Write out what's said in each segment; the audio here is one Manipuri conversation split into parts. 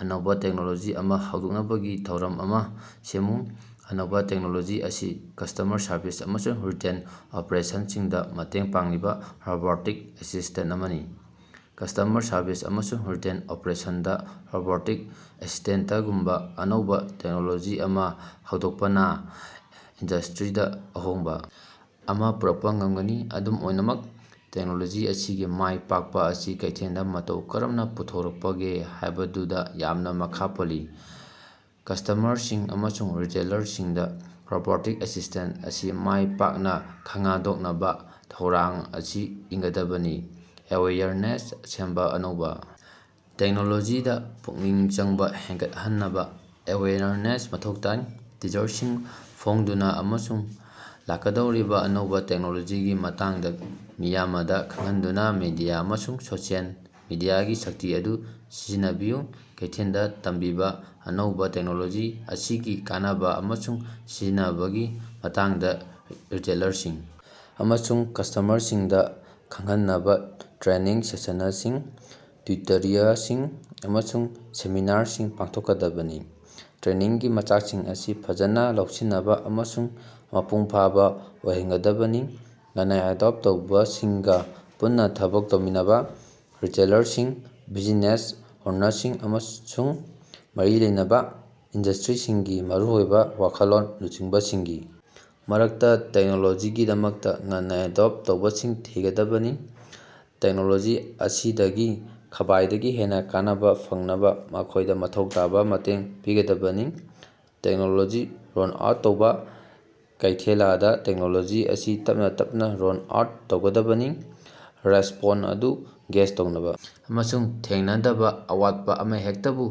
ꯑꯅꯧꯕꯥ ꯇꯦꯛꯅꯣꯂꯣꯖꯤ ꯑꯃꯥ ꯍꯧꯗꯣꯛꯅꯕꯒꯤ ꯊꯧꯔꯥꯡ ꯑꯃꯥ ꯁꯦꯝꯃꯨ꯫ ꯑꯅꯧꯕꯥ ꯇꯦꯛꯅꯣꯂꯣꯖꯤ ꯑꯁꯤ ꯀꯁ꯭ꯇꯃꯔ ꯁꯔꯕꯤꯁ ꯑꯃꯁꯨꯡ ꯔꯤꯇꯦꯜ ꯑꯣꯄ꯭ꯔꯦꯁꯟꯁꯤꯡꯗꯥ ꯃꯇꯦꯡ ꯄꯥꯡꯂꯤꯕꯥ ꯔꯣꯕꯣꯇꯤꯛ ꯑꯦꯁꯤꯁꯇꯦꯟ ꯑꯃꯅꯤ꯫ ꯀꯁ꯭ꯇꯃꯔ ꯁꯔꯕꯤꯁ ꯑꯃꯁꯨꯡ ꯔꯤꯇꯦꯜ ꯑꯣꯄ꯭ꯔꯦꯁꯟꯗꯥ ꯔꯣꯕꯣꯇꯤꯛ ꯑꯦꯁꯤꯁ꯭ꯇꯦꯟꯇꯒꯨꯝꯕꯥ ꯑꯅꯧꯕꯥ ꯇꯦꯛꯅꯣꯂꯣꯖꯤ ꯑꯃꯥ ꯍꯧꯗꯣꯛꯄꯅꯥ ꯏꯟꯗꯁꯇ꯭ꯔꯤꯗꯥ ꯑꯍꯣꯡꯕꯥ ꯑꯃꯥ ꯄꯨꯔꯛꯄꯥ ꯉꯝꯒꯅꯤ꯫ ꯑꯗꯨꯝ ꯑꯣꯏꯅꯃꯛ ꯇꯦꯛꯅꯣꯂꯣꯖꯤ ꯑꯁꯤꯒꯤ ꯃꯥꯏ ꯄꯥꯛꯄꯥ ꯑꯁꯤ ꯀꯩꯊꯦꯜꯗꯥ ꯃꯇꯧ ꯀꯔꯝꯅꯥ ꯄꯨꯔꯛꯄꯒꯦ ꯍꯥꯏꯕꯗꯨꯗꯥ ꯌꯥꯝꯅꯥ ꯃꯈꯥ ꯄꯣꯜꯂꯤ꯫ ꯀꯁ꯭ꯇꯃꯔꯁꯤꯡ ꯑꯃꯁꯨꯡ ꯔꯤꯇꯦꯂꯔꯁꯤꯡꯗꯥ ꯔꯣꯕꯣꯇꯤꯛ ꯑꯦꯁꯤꯁꯇꯦꯟ ꯑꯁꯤ ꯃꯥꯏ ꯄꯥꯛꯅꯥ ꯈꯉꯗꯣꯛꯅꯕꯥ ꯊꯧꯔꯥꯡ ꯑꯁꯤ ꯏꯟꯒꯗꯕꯅꯤ꯫ ꯑꯦꯋꯦꯌꯔꯅꯦꯁ ꯁꯦꯝꯕꯥ: ꯑꯅꯧꯕꯥ ꯇꯦꯛꯅꯣꯂꯣꯖꯤꯗꯥ ꯄꯨꯛꯅꯤꯡ ꯆꯪꯕꯥ ꯍꯦꯟꯒꯠꯍꯟꯅꯕꯥ ꯑꯦꯋꯦꯌꯔꯅꯦꯁ ꯃꯊꯧ ꯇꯥꯏ꯫ ꯇꯤꯖꯔꯁꯤꯡ ꯐꯣꯡꯗꯨꯅꯥ ꯑꯃꯁꯨꯡ ꯂꯥꯛꯀꯗꯧꯔꯤꯕꯥ ꯑꯅꯧꯕꯥ ꯇꯦꯛꯅꯣꯂꯣꯖꯤꯒꯤ ꯃꯇꯥꯡꯗꯥ ꯃꯤꯌꯥꯃꯗꯥ ꯈꯡꯍꯟꯗꯨꯅꯥ ꯃꯤꯗꯤꯌꯥ ꯑꯃꯁꯨꯡ ꯁꯣꯁꯦꯟ ꯃꯤꯗꯤꯌꯥꯒꯤ ꯁꯛꯇꯤ ꯑꯗꯨ ꯁꯤꯖꯤꯟꯅꯕꯤꯌꯨ꯫ ꯀꯩꯊꯦꯜꯗꯥ ꯇꯝꯕꯤꯕꯥ: ꯑꯅꯧꯕꯥ ꯇꯦꯛꯅꯣꯂꯣꯖꯤ ꯑꯁꯤꯒꯤ ꯀꯥꯟꯅꯕꯥ ꯑꯃꯁꯨꯡ ꯁꯤꯖꯤꯟꯅꯕꯒꯤ ꯃꯇꯥꯡꯗꯥ ꯔꯤꯇꯦꯂꯔꯁꯤꯡ ꯑꯃꯁꯨꯡ ꯀꯁ꯭ꯇꯃꯔꯁꯤꯡꯗꯥ ꯈꯡꯍꯟꯅꯕꯥ ꯇ꯭ꯔꯦꯅꯤꯡ ꯁꯦꯁꯅꯁꯤꯡ, ꯇ꯭ꯌꯨꯇꯔꯤꯌꯔꯁꯤꯡ, ꯑꯃꯁꯨꯡ ꯁꯦꯃꯤꯅꯥꯔꯁꯤꯡ ꯄꯥꯡꯊꯣꯛꯀꯗꯕꯅꯤ꯫ ꯇ꯭ꯔꯦꯅꯤꯡꯒꯤ ꯃꯆꯥꯛꯁꯤꯡ ꯑꯁꯤ ꯐꯖꯅꯥ ꯂꯧꯁꯤꯅꯕꯥ ꯑꯃꯁꯨꯡ ꯃꯄꯨꯡꯐꯥꯕꯥ ꯑꯣꯏꯍꯟꯒꯗꯕꯅꯤ꯫ ꯉꯟꯅꯥ ꯑꯦꯗꯣꯞꯇ ꯇꯧꯕꯁꯤꯡꯒꯥ ꯄꯨꯟꯅꯥ ꯊꯕꯛ ꯇꯧꯃꯤꯟꯅꯕꯥ: ꯔꯤꯇꯦꯂꯔꯁꯤꯡ, ꯕꯤꯖꯤꯅꯦꯁ ꯑꯣꯅꯔꯁꯤꯡ, ꯑꯃꯁꯨꯡ ꯃꯔꯤ ꯂꯩꯅꯕꯥ ꯏꯟꯗꯁꯇ꯭ꯔꯤꯒꯤ ꯃꯔꯨꯑꯣꯏꯕꯥ ꯋꯥꯈꯜꯂꯣꯟ ꯂꯨꯆꯤꯡꯕꯁꯤꯡꯒꯤ ꯃꯔꯛꯇꯥ ꯇꯦꯛꯅꯣꯂꯣꯖꯤꯒꯤꯗꯃꯛꯇꯥ ꯉꯟꯅꯥ ꯑꯦꯗꯣꯞ ꯇꯧꯕꯁꯤꯡ ꯊꯤꯒꯗꯕꯅꯤ꯫ ꯇꯦꯛꯅꯣꯂꯣꯖꯤ ꯑꯁꯤꯗꯒꯤ ꯈ꯭ꯕꯥꯏꯗꯒꯤ ꯍꯦꯟꯅꯥ ꯀꯥꯟꯅꯕꯥ ꯐꯪꯅꯕꯥ ꯃꯈꯣꯏꯗꯥ ꯃꯊꯧ ꯇꯥꯕꯥ ꯃꯇꯦꯡ ꯄꯤꯒꯗꯕꯅꯤ꯫ ꯇꯦꯛꯅꯣꯂꯣꯖꯤ ꯔꯣꯜ ꯑꯥꯎꯠ ꯇꯧꯕꯥ: ꯀꯩꯊꯦꯂꯗꯥ ꯇꯦꯛꯅꯣꯂꯣꯖꯤ ꯑꯁꯤ ꯇꯞꯅꯥ ꯇꯞꯅꯥ ꯔꯣꯜ ꯑꯥꯎꯠ ꯇꯧꯒꯗꯕꯅꯤ꯫ ꯔꯦꯁ꯭ꯄꯣꯟꯁ ꯑꯗꯨ ꯒꯦꯖ ꯇꯧꯅꯕꯥ ꯑꯃꯁꯨꯡ ꯊꯦꯡꯅꯗꯕꯥ ꯑꯋꯥꯠꯄꯥ ꯑꯃꯍꯦꯛꯇꯕꯨ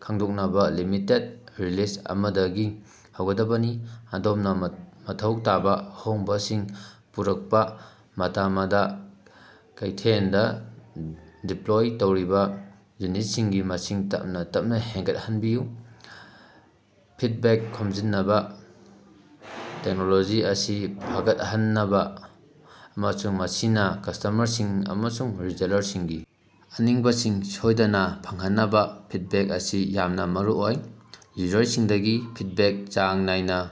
ꯈꯪꯗꯣꯛꯅꯕꯥ ꯂꯤꯃꯤꯇꯦꯗ ꯔꯤꯂꯤꯖ ꯑꯃꯗꯒꯤ ꯍꯧꯒꯗꯕꯅꯤ꯫ ꯑꯗꯣꯝꯅꯥ ꯃꯊꯧ ꯇꯥꯕꯥ ꯑꯍꯣꯡꯕꯁꯤꯡ ꯄꯨꯔꯛꯄꯥ ꯃꯇꯃꯗꯥ, ꯀꯩꯊꯦꯂꯗꯥ ꯗꯤꯞꯄ꯭ꯂꯣꯏ ꯇꯧꯔꯤꯕꯥ ꯌꯨꯅꯤꯠꯁꯤꯡꯒꯤ ꯃꯁꯤꯡ ꯇꯞꯅꯥ ꯇꯞꯅꯥ ꯍꯦꯒꯠꯍꯟꯕꯤꯌꯨ꯫ ꯐꯤꯗꯕꯦꯛ ꯈꯣꯝꯖꯤꯅꯕꯥ: ꯇꯦꯛꯅꯣꯂꯣꯖꯤ ꯑꯁꯤ ꯐꯒꯠꯍꯟꯅꯕꯥ ꯑꯃꯁꯨꯡ ꯃꯁꯤꯅꯥ ꯀꯁ꯭ꯇꯃꯔꯁꯤꯡ ꯑꯃꯁꯨꯡ ꯔꯤꯖꯦꯂꯔꯁꯤꯡꯒꯤ ꯑꯅꯤꯡꯕꯁꯤꯡ ꯁꯣꯏꯗꯅꯥ ꯐꯪꯍꯟꯅꯕꯥ ꯐꯤꯗꯕꯦꯛ ꯑꯁꯤ ꯌꯥꯝꯅꯥ ꯃꯔꯨꯑꯣꯏ꯫ ꯌꯨꯖꯔꯁꯤꯡꯗꯒꯤ ꯐꯤꯗꯕꯦꯛ ꯆꯥꯡ ꯅꯥꯏꯅꯥ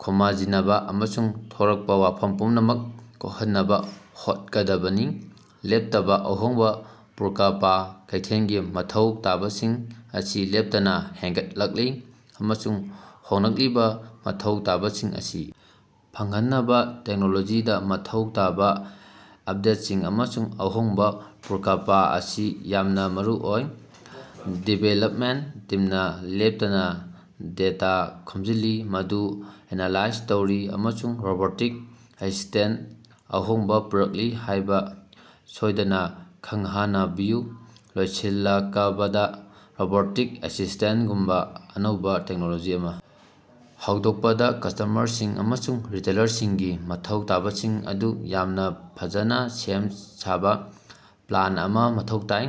ꯈꯣꯃꯖꯤꯅꯕꯥ ꯑꯃꯁꯨꯡ ꯊꯣꯔꯛꯄꯥ ꯋꯥꯐꯝ ꯄꯨꯝꯅꯃꯛ ꯀꯣꯛꯍꯟꯅꯕꯥ ꯍꯣꯠꯀꯥꯒꯗꯕꯅꯤ ꯫ ꯂꯦꯞꯇꯕꯥ ꯑꯍꯣꯡꯕꯥ ꯄꯨꯔꯀꯄꯥ: ꯀꯩꯊꯦꯜꯒꯤ ꯃꯊꯧ ꯇꯥꯕꯁꯤꯡ ꯑꯁꯤ ꯂꯦꯞꯇꯅꯥ ꯍꯦꯟꯒꯠꯂꯛꯂꯤ, ꯑꯃꯁꯨꯡ ꯍꯣꯡꯂꯛꯂꯤꯕꯥ ꯃꯊꯧ ꯇꯥꯕꯁꯤꯡ ꯑꯁꯤ ꯐꯪꯍꯟꯅꯕꯥ ꯇꯦꯛꯅꯣꯂꯣꯖꯤꯗꯥ ꯃꯊꯧ ꯇꯥꯕꯥ ꯑꯞꯗꯦꯠꯁꯤꯡ ꯑꯃꯁꯨꯡ ꯑꯍꯣꯡꯕꯥ ꯄꯨꯔꯀꯄꯥ ꯑꯁꯤ ꯌꯥꯝꯅꯥ ꯃꯔꯨꯑꯣꯏ꯫ ꯗꯤꯕꯦꯂꯞꯃꯦꯟꯇ ꯇꯤꯝꯅꯥ ꯂꯦꯞꯇꯅꯥ ꯗꯦꯇꯥ ꯈꯣꯝꯖꯤꯜꯂꯤ, ꯃꯗꯨ ꯑꯦꯅꯥꯂꯥꯏꯖ ꯇꯧꯔꯤ, ꯑꯃꯁꯨꯡ ꯔꯣꯕꯣꯇꯤꯛ ꯑꯦꯁꯤꯁꯇꯦꯟꯠꯇꯥ ꯑꯍꯣꯡꯕꯥ ꯄꯨꯔꯛꯂꯤ ꯍꯥꯏꯕꯥ ꯁꯣꯏꯗꯅꯥ ꯈꯡꯍꯅꯕꯤꯌꯨ꯫ ꯂꯣꯏꯁꯤꯜꯂꯀꯄꯗꯥ, ꯔꯣꯕꯣꯇꯤꯛ ꯑꯦꯁꯤꯁꯇꯦꯟꯠꯒꯨꯝꯕꯥ ꯑꯅꯧꯕꯥ ꯇꯦꯛꯅꯣꯂꯣꯖꯤ ꯑꯃꯥ ꯍꯧꯗꯣꯛꯄꯗꯥ ꯀꯁ꯭ꯇꯃꯔꯁꯤꯡ ꯑꯃꯁꯨꯡ ꯔꯤꯇꯦꯂꯔꯁꯤꯡꯒꯤ ꯃꯊꯧ ꯇꯥꯕꯁꯤꯡ ꯑꯗꯨ ꯌꯥꯝꯅꯥ ꯐꯖꯅꯥ ꯁꯦꯝ ꯁꯥꯕꯥ ꯄ꯭ꯂꯥꯟ ꯑꯃꯥ ꯃꯊꯧ ꯇꯥꯏ꯫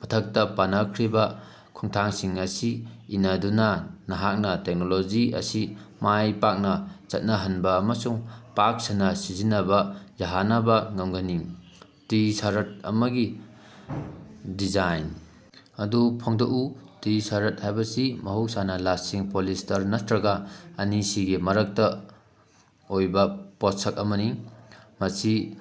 ꯃꯊꯛꯇꯥ ꯄꯅꯈ꯭ꯔꯤꯕꯥ ꯈꯣꯡꯊꯥꯡꯁꯤꯡ ꯑꯁꯤ ꯏꯅꯗꯨꯅꯥ, ꯅꯍꯥꯛꯅꯥ ꯇꯦꯛꯅꯣꯂꯣꯖꯤ ꯑꯁꯤ ꯃꯥꯏꯄꯥꯛꯅꯥ ꯆꯠꯅꯍꯟꯕꯥ ꯑꯃꯁꯨꯡ ꯄꯥꯛ-ꯁꯟꯅꯥ ꯁꯤꯖꯤꯟꯅꯕꯥ ꯌꯥꯍꯅꯕꯥ ꯉꯝꯒꯅꯤ꯫ ꯇꯤ-ꯁꯥꯔꯠ ꯑꯃꯒꯤ ꯗꯤꯖꯥꯏꯟ ꯑꯗꯨ ꯐꯣꯡꯗꯣꯀꯎ꯫ ꯇꯤ-ꯁꯥꯔꯠ ꯍꯥꯏꯕꯁꯤ ꯃꯍꯧꯁꯥꯅꯥ ꯂꯁꯤꯡ, ꯄꯣꯂꯤꯁꯇꯔ ꯅꯠꯇ꯭ꯔꯒꯥ ꯑꯅꯤꯁꯤꯒꯤ ꯃꯔꯛꯇꯥ ꯑꯣꯏꯕꯥ ꯄꯣꯠꯁꯛ ꯑꯃꯅꯤ꯫ ꯃꯁꯤ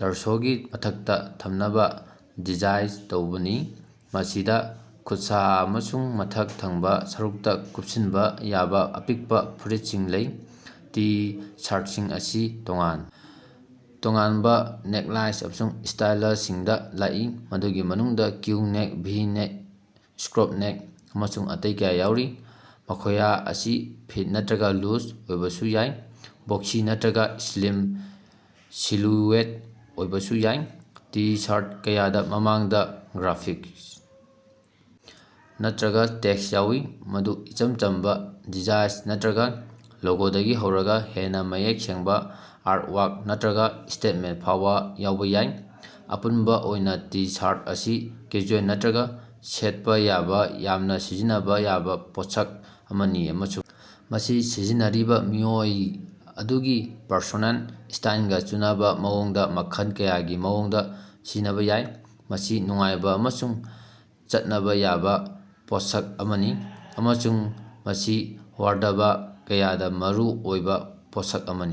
ꯇꯔꯁꯣꯒꯤ ꯃꯊꯛꯇꯥ ꯊꯝꯅꯕꯥ ꯗꯤꯖꯥꯏꯟ ꯇꯧꯕꯅꯤ, ꯃꯁꯤꯗꯥ ꯈꯨꯠꯁꯥ ꯑꯃꯁꯨꯡ ꯃꯊꯛ ꯊꯪꯕꯥ ꯁꯔꯨꯛꯇꯥ ꯀꯨꯞꯁꯤꯟꯕꯥ ꯌꯥꯕꯥ ꯑꯄꯤꯡꯄꯥ ꯐꯨꯔꯤꯠꯁꯤꯡ ꯂꯩ꯫ ꯇꯤ-ꯁꯥꯔꯇꯁꯤꯡ ꯑꯁꯤ ꯇꯣꯉꯥꯟ ꯇꯣꯉꯥꯟꯕꯥ ꯅꯦꯛꯂꯥꯏꯟ ꯑꯃꯁꯨꯡ ꯁ꯭ꯇꯥꯏꯂꯁꯤꯡꯗꯥ ꯂꯥꯛꯏ, ꯃꯗꯨꯒꯤ ꯃꯅꯨꯡꯗꯥ crew neck, V neck, scoop neck, ꯑꯃꯁꯨꯡ ꯑꯇꯩ ꯀꯌꯥ ꯌꯥꯎꯔꯤ꯫ ꯃꯈꯣꯌ ꯑꯁꯤ ꯐꯤꯠ ꯅꯠꯇ꯭ꯔꯒꯥ ꯂꯨꯖ ꯑꯣꯏꯕꯁꯨ ꯌꯥꯏ, ꯕꯣꯛꯁꯤ ꯅꯠꯇ꯭ꯔꯒꯥ ꯁ꯭ꯂꯤꯝ ꯁꯤꯂꯨꯋꯦꯠ ꯑꯣꯏꯕꯁꯨ ꯌꯥꯏ꯫ ꯇꯤ-ꯁꯥꯔꯠ ꯀꯌꯥꯗꯥ ꯃꯃꯥꯡꯗꯥ ꯒ꯭ꯔꯥꯐꯤꯛꯁ ꯅꯠꯇ꯭ꯔꯒꯥ ꯇꯦꯛꯁ ꯌꯥꯎꯏ, ꯃꯗꯨ ꯏꯆꯝ ꯆꯝꯕꯥ ꯗꯤꯖꯥꯏꯟ ꯅꯠꯇ꯭ꯔꯒꯥ ꯂꯣꯒꯣꯗꯒꯤ ꯍꯧꯔꯒꯥ ꯍꯦꯟꯅꯥ ꯃꯌꯦꯛ ꯁꯦꯡꯕꯥ ꯑꯥꯔꯠꯋꯥꯛ ꯅꯠꯇ꯭ꯔꯒꯥ ꯁ꯭ꯇꯦꯠꯃꯦꯟ꯭ꯇ ꯐꯥꯎꯕꯥ ꯌꯥꯎꯕꯥ ꯌꯥꯏ꯫ ꯑꯄꯨꯟꯕꯥ ꯑꯣꯏꯅꯥ ꯇꯤ-ꯁꯥꯔꯠ ꯑꯁꯤ ꯀꯦꯖꯨꯑꯦꯜ ꯅꯠꯇ꯭ꯔꯒꯥ ꯁꯦꯠꯄꯥ ꯌꯥꯕꯥ ꯌꯥꯝꯅꯥ ꯁꯤꯖꯤꯟꯅꯕꯥ ꯌꯥꯕꯥ ꯄꯣꯠꯁꯛ ꯑꯃꯅꯤ, ꯑꯃꯁꯨꯡ ꯃꯁꯤ ꯁꯤꯖꯤꯟꯅꯔꯤꯕꯥ ꯃꯤꯑꯣꯏ ꯑꯗꯨꯒꯤ ꯄꯔꯁꯣꯅꯦꯜ ꯁ꯭ꯇꯥꯏꯂꯒꯥ ꯆꯨꯅꯕꯥ ꯃꯑꯣꯡꯗꯥ ꯃꯈꯜ ꯀꯌꯥꯒꯤ ꯃꯑꯣꯡꯗꯥ ꯁꯤꯖꯤꯟꯅꯕꯥ ꯌꯥꯏ꯫ ꯃꯁꯤ ꯅꯨꯡꯉꯥꯏꯕꯥ ꯑꯃꯁꯨꯡ ꯆꯠꯅꯕꯥ ꯌꯥꯕꯥ ꯄꯣꯠꯁꯛ ꯑꯃꯅꯤ ꯑꯃꯁꯨꯡ ꯃꯁꯤ ꯋꯥꯔꯗ꯭ꯔꯕ ꯀꯌꯥꯗꯥ ꯃꯔꯨ ꯑꯣꯏꯕꯥ ꯄꯣꯠꯁꯛ ꯑꯃꯅꯤ꯫